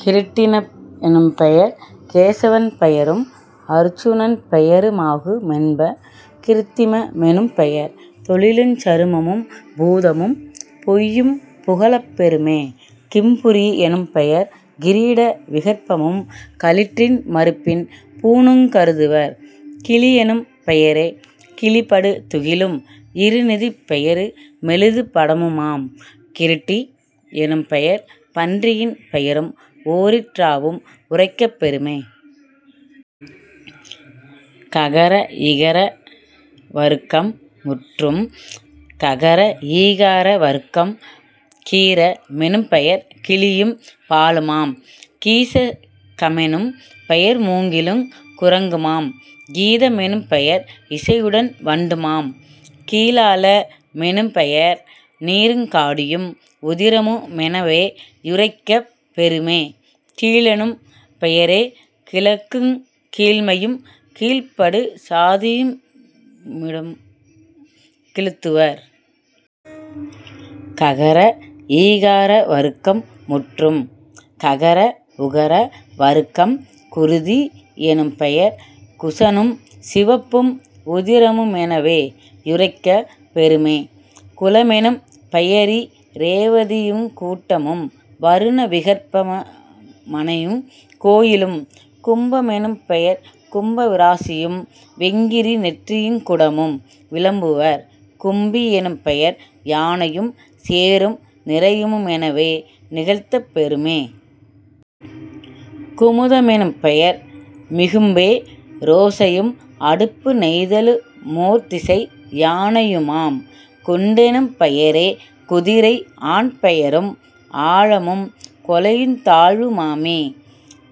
கிருட்டின னெனும்பெயர் கேசவன் பெயரும் அருச்சனன் பெயரு மாகு மென்ப..... கிருத்திம மெனும்பெயர் தொழிலுஞ் சருமமும் பூதமும் பொய்யும் புகலப் பெறுமே..... கிம்புரி யெனும்பெயர் கிரீட விகற்பமும் களிற்றின் மருப்பின் பூணுங் கருதுவர்..... கிழியெனும் பெயரே கிழிபடு துகிலும் இருநிதிப் பெயரு மெழுது படமுமாம்..... கிருட்டி யெனும்பெயர் பன்றியின் பெயரும் ஓரீற் றாவும் உரைக்கப் பெறுமே..... ககர இகர வருக்கம் முற்றும். ககர ஈகார வருக்கம் கீர மெனும்பெயர் கிளியும் பாலுமாம்..... கீச கமெனும் பெயர் மூங்கிலுங் குரங்குமாம்..... கீத மெனும்பெயர் இசையுடன் வண்டுமாம்..... கீலால மெனும்பெயர் நீருங் காடியும் உதிரமு மெனவே யுரைக்கப் பெறுமே..... கீழெனும் பெயரே கிழக்குங் கீழ்மையும் கீழ்ப்படு சாதியு மிடமுங் கிளத்துவர்..... ககர ஈகார வருக்கம் முற்றும். ககர உகர வருக்கம் குருதி யெனும்பெயர் குசனும் சிவப்பும் உதிரமு மெனவே யுரைக்கப் பெறுமே..... குலமெனும் பெயரி ரேவதியுங் கூட்டமும் வருண விகற்பமு மனையுங் கோயிலும்..... கும்ப மெனும்பெயர் கும்ப விராசியும் வெங்கிரி நெற்றியுங் குடமும் விளம்புவர்..... கும்பி யெனும்பெயர் யானையும் சேறும் நிரயமு மெனவே நிகழ்த்தப் பெறுமே..... குமுத மெனும்பெயர் மிகும்பே ரோசையும் அடுப்பு நெய்தலு மோர்திசை யானையுமாம்..... குண்டெனும் பெயரே குதிரை ஆண்பெயரும் ஆழமும் கொலையுந் தாழ்வு மாமே.....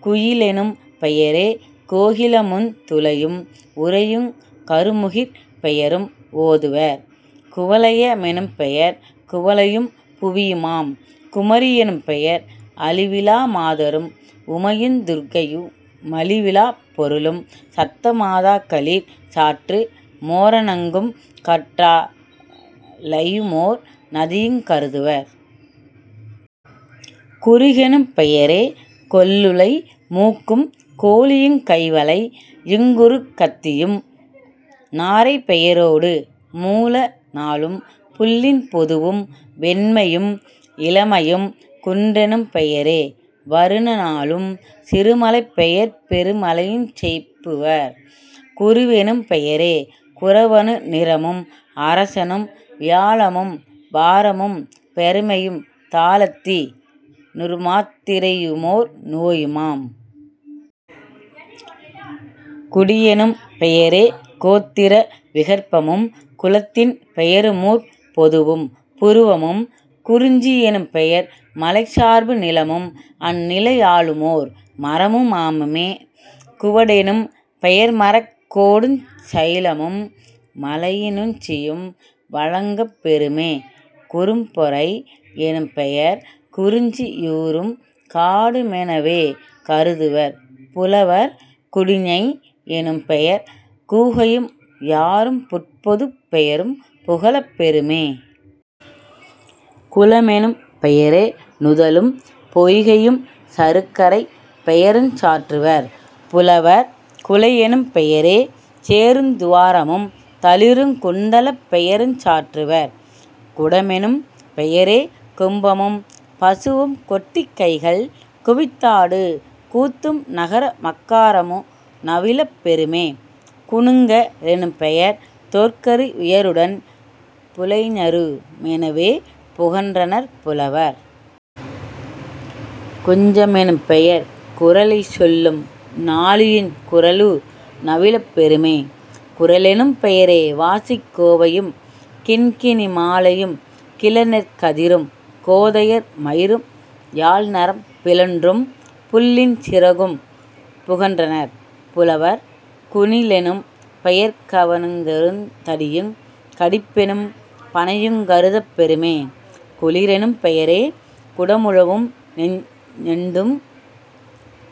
குயிலெனும் பெயரே கோகிலமுந் துளையும் உரையுங் கருமுகிற் பெயரும் ஓதுவர்..... குவலைய மெனும்பெயர் குவளையும் புவியுமாம்..... குமரி யெனும்பெயர் அழிவிலா மாதரும் உமையுந் துர்க்கையு மழிவிலாப் பொருளும் சத்த மாதாக்களிற் சாற்று மோரணங்கும் கற்றா ழையுமோர் நதியுங் கருதுவர்..... குருகெனும் பெயரே கொல்லுலை மூக்கும் கோழியுங் கைவளை யுங்குருக் கத்தியும் நாரை பெயரோடு மூல நாளும் புள்ளின் பொதுவும் வெண்மையும் இளமையும்.... குன்றெனும் பெயரே வருண னாளும் சிறுமலைப் பெயர்பெரு மலையுஞ் செப்புவர்.... குருவெனும் பெயரே குரவனு நிறமும் அரசனும் வியாழமும் பாரமும் பெருமையும் தாளத்தி னிருமாத் திரையுமோர் நோயுமாம்..... குடியெனும் பெயரே கோத்திர விகற்பமும் குலத்தின் பெயருமூர்ப் பொதுவும் புருவமும்..... குறிஞ்சி யெனும்பெயர் மலைச்சார்பு நிலமும் அந்நில யாழுமோர் மரமு மாமே..... குவடெனும் பெயர்மரக் கோடுஞ் சயிலமும் மலையி னுச்சியும் வழங்கப் பெறுமே..... குறும்பொறை யெனும்பெயர் குறிஞ்சி யூரும் காடு மெனவே கருதுவர் புலவர்..... குடிஞை யெனும்பெயர் கூகையும் யாறும் புட்பொதுப் பெயரும் புகலப் பெறுமே..... குளமெனும் பெயரே நுதலும் பொய்கையும் சருக்கரைப் பெயருஞ் சாற்றுவர் புலவர்..... குழையெனும் பெயரே சேறுந் துவாரமும் தளிறுங் குண்டலப் பெயருஞ் சாற்றுவர்..... குடமெனும் பெயரே கும்பமும் பசுவும் கொட்டிக் கைகள் குவித்தாடு கூத்தும் நகர மக்காரமு நவிலப் பெறுமே..... குணுங்க ரெனும்பெயர் தோற்கரு வியருடன் புலைஞரு மெனவே புகன்றனர் புலவர்..... குஞ்ச மெனும்பெயர் குறளைச் சொல்லும் நாழியுங் குறளு நவிலப் பெறுமே..... குரலெனும் பெயரே வாசிக் கோவையும் கிண்கிணி மாலையும் கிளர்நெற் கதிரும் கோதையர் மயிரும் யாழ்நரம் பிலொன்றும் புள்ளின் சிறகும் புகன்றனர் புலவர்..... குணிலெனும் பெயர்கவ ணுங்குறுந் தடியுங் கடிப்பெனும் பணையுங் கருதப் பெறுமே..... குளிரெனும் பெயரே குடமுழவும் ஞெண்டும்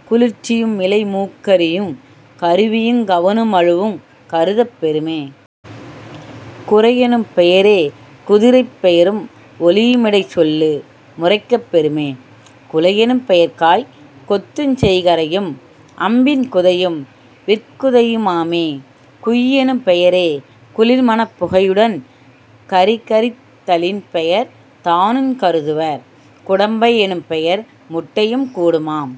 குளிர்ச்சியு மிலைமூக் கரியுங் கருவியுங் கவணு மழுவுங் கருதப் பெறுமே..... குரையெனும் பெயரே குதிரைப் பெயரும் ஒலியுமிடைச் சொல்லு முரைக்கப் பெறுமே..... குலையெனும் பெயர்காய்க் கொத்துஞ் செய்கரையும் அம்பின் குதையும் விற்குதையு மாமே..... குய்யெனும் பெயரே குளிர்மணப் புகையுடன் கறிகரித் தலின்பெயர் தானுங் கருதுவர்..... குடம்பை யெனும்பெயர் முட்டையும் கூடுமாம்...